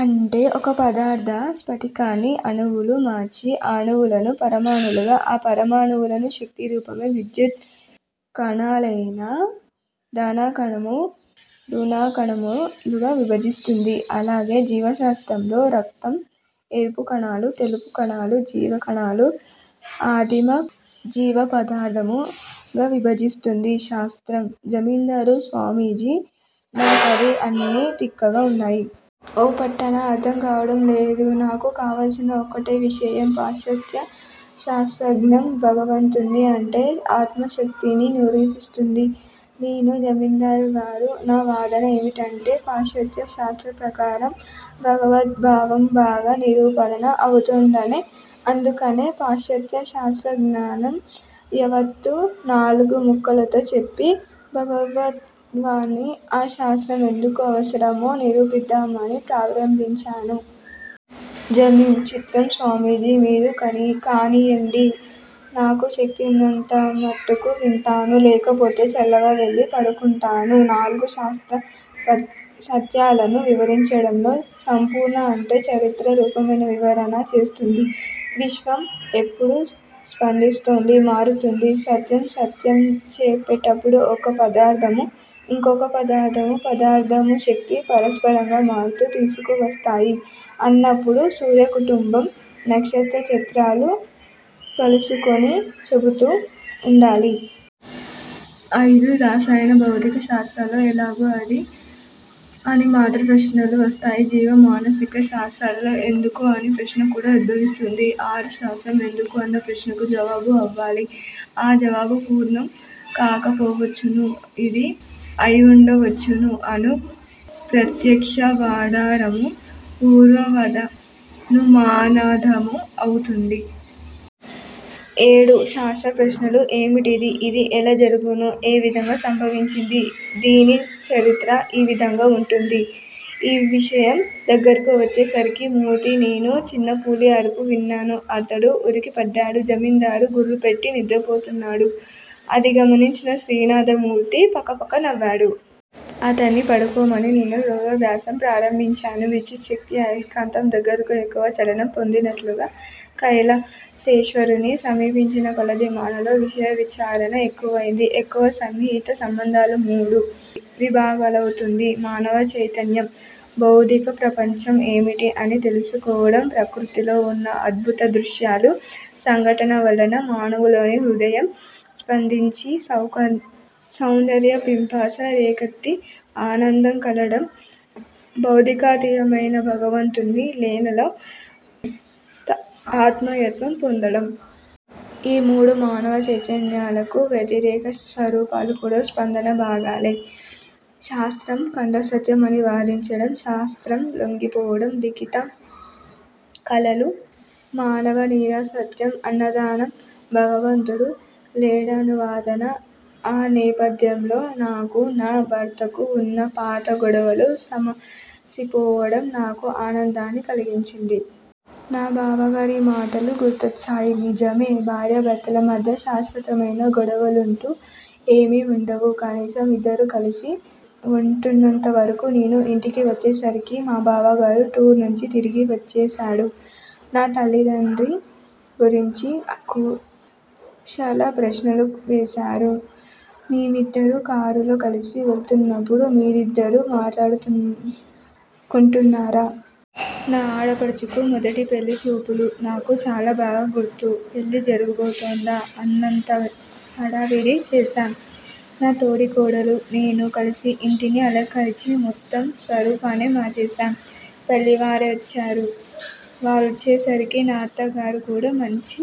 అంటే ఒక పదార్ధ స్పటికాన్ని అణువులుగా మార్చి, ఆ అణువులను పరమాణువులుగానూ, ఆ పరమాణువులను శక్తి రూపమై విద్యుత్ కణాలైన ధనకణము, రుణకణము లుగా విభజిస్తుంది. అల్లాగే జీవశాస్త్రంలో రక్తం ఎరుపు కణాలు, తెలుపు కణాలు, జీవకణాలు ఆదిమ జీవపదార్ధము గా విభజిస్తుంది శాస్త్రం. జమీందారు స్వామీజీ నా కివి అన్నీ తిక్కగా ఉన్నాయి. ఓ పట్టా న అర్ధం కావటంలేదు. నాకు కావలసింది ఒక్కటే విషయం. పాశ్చాత్య శాస్త్రజ్ఞానం భగవంతుణ్ని, అంటే ఆత్మశక్తిని నిరూపిస్తుందా? నేను: జమీందారుగారూ! నా వాదన ఏమిటంటే, పాశ్చాత్యశాస్త్ర ప్రకారం భగవద్బావం బాగా నిరూపణ అవుతుందనే! అందుకనే పాశ్చత్య శాస్త్రజ్ఞానం యావత్తూ నాలుగు ముక్కలలో చెప్పి, భగవద్భావానికి ఆ శాస్త్రం ఎందుకు అవసరమో నిరూపిద్దామని ప్రారంభించాను. జమీం: చిత్తం స్వామీజీ! మీరు కానీయండి. నాకు శక్తి ఉన్నంత మట్టుకు వింటాను. లేకపోతే చల్లగావెళ్ళి పడుకుంటాను. ''నాలుగు: శాస్త్ర సత్యాలను వివరించడంలో సంపూర్ణ, అంటే చరిత్ర రూపమైన, వివరణ చేస్తుంది. విశ్వం ఎప్పుడూ స్పందిస్తోంది, మారుతోంది. శాస్త్రం సత్యం చెప్పేటప్పుడు ఒక పదార్ధమూ, ఇంకోపదార్ధమూ, పదార్ధమూ, శక్తీ పరస్పరంగా మార్పులు తీసుకువస్తాయి అన్నప్పుడు సూర్యకుటుంబ, నక్షత్ర చరిత్రలు కలుపుకొని చెబుతూ ఉండాలి. అయిదు: రసాయన భౌతిక శాస్త్రాలలో ''ఏలాగు '', ''ఏది'' అని మాత్రం ప్రశ్నలు వస్తాయి. జీవ, మానసిక శాస్త్రాలలో ''ఎందుకు ''అన్న ప్రశ్న కూడా ఉద్భవిస్తుంది. ఆరు: శాస్త్రం ఎందుకు అన్న ప్రశ్నకు జవాబు ఇవ్వాలి. ఆ జవాబు పూర్ణం కాకపోవచ్చును. ఇది అయివుండవచ్చును అను ప్రత్యక్షవాదాఢారము, పూర్వవాదానుమానాధారము అయివుంటుంది. ఏడు: శాస్త్ర ప్రశ్నలు, ''ఏమిటిది'' ''ఇది ఎలా జరుగును? '' ''ఏ విధంగా సంభవించింది? '' ''దీని చరిత్ర? ఈవిధంగా వుంటాయి. '' ఈవిషయం దగ్గరకు వచ్చేసరికి మూర్తీ, నేనూ చిన్నపులి అఱుపు విన్నాము. అతడు ఉలికిపడ్డాడు. జమీందారుడు గుఱ్ఱు పెట్టి నిద్రపోతున్నాడు. అది గమనించి శ్రీనాథమూర్తి పకపక నవ్వాడు. అతన్ని పడుకోమని నేను యోగాభ్యాసం ప్రారంభించాను. విద్యుచ్చక్తి, అయస్కాంతం దగ్గరకు ఎక్కువ చలనం పొందినట్లుగా, కైలసేశ్వరుని సమీపించిన కొలదీ మాలో విషయ విచారణ ఎక్కువైంది. ఎక్కువ సన్నిహిత సంబంధాలున్న మూడు విభాగాలవుతుంది మానవ చైతన్యం. భౌతిక ప్రపంచం ఏమిటి అని తెలుసుకోవడం ప్రకృతిలో ఉన్న అద్భుతదృశ్యాలు, సంఘటనవల్ల మానవునిలో హృదయం స్పందించి, సౌందర్య పిపాస రేకెత్తి ఆనందం కలగడం, భౌతికాతీతమైన భగవంతుని లీలలో తన్మయత్వం పొందడం. ఈ మూడు మానవ చైతన్యాలకూ వ్యతిరేక స్వరూపాలు కూడా స్పందన భాగాలే. శాస్త్రం ఖండసత్యం అని వాదించడం, శాస్త్రం లొంగకపోవడం, లలిత కళలు మానవనీరసత్వం అన్నవాదన, భగవంతుడు లేడనువాదన. ఆ నేపథ్యంలో నాకూ, నా భర్తకూ వున్న పాత గొడవలు సమసిపోవడం నాకు ఆనందాన్ని కలిగించింది. నా బావగారి మాటలు గుర్తొచ్చాయి. నిజమే భార్యాభర్తల మధ్య శాశ్వతమైన గొడవలంటూ ఏవీ వుండవు. కనీసం ఇద్దరూ కలిసి వుంటున్నంతవరకూ! నేను ఇంటికి వచ్చేసరికి నా బావగారు టూర్ నుంచి తిరిగి వచ్చేశాడు. నా తండ్రి గురించి కుశల ప్రశ్నలు వేశాడు. మేమిద్దరం కారులో కలిసి వెళ్తున్నప్పుడు మీరిద్దరూ మాట్లాడేసుకుంటున్నారా? నా ఆడపడుచు మొదటి పెళ్ళిచూపులు నాకు బాగా గుర్తు. పెళ్ళి జరుగుతోందా అన్నంత హడావుడి చేశాం. నా తోడికోడలూ, నేనూ కలిసి యింటిని అలంకరించి మొత్తం స్వరూపాన్నే మార్చేశాం. పెళ్ళివారొచ్చారు. వాళ్ళొచ్చేసరికి నా అత్తగారు కూడా మంచి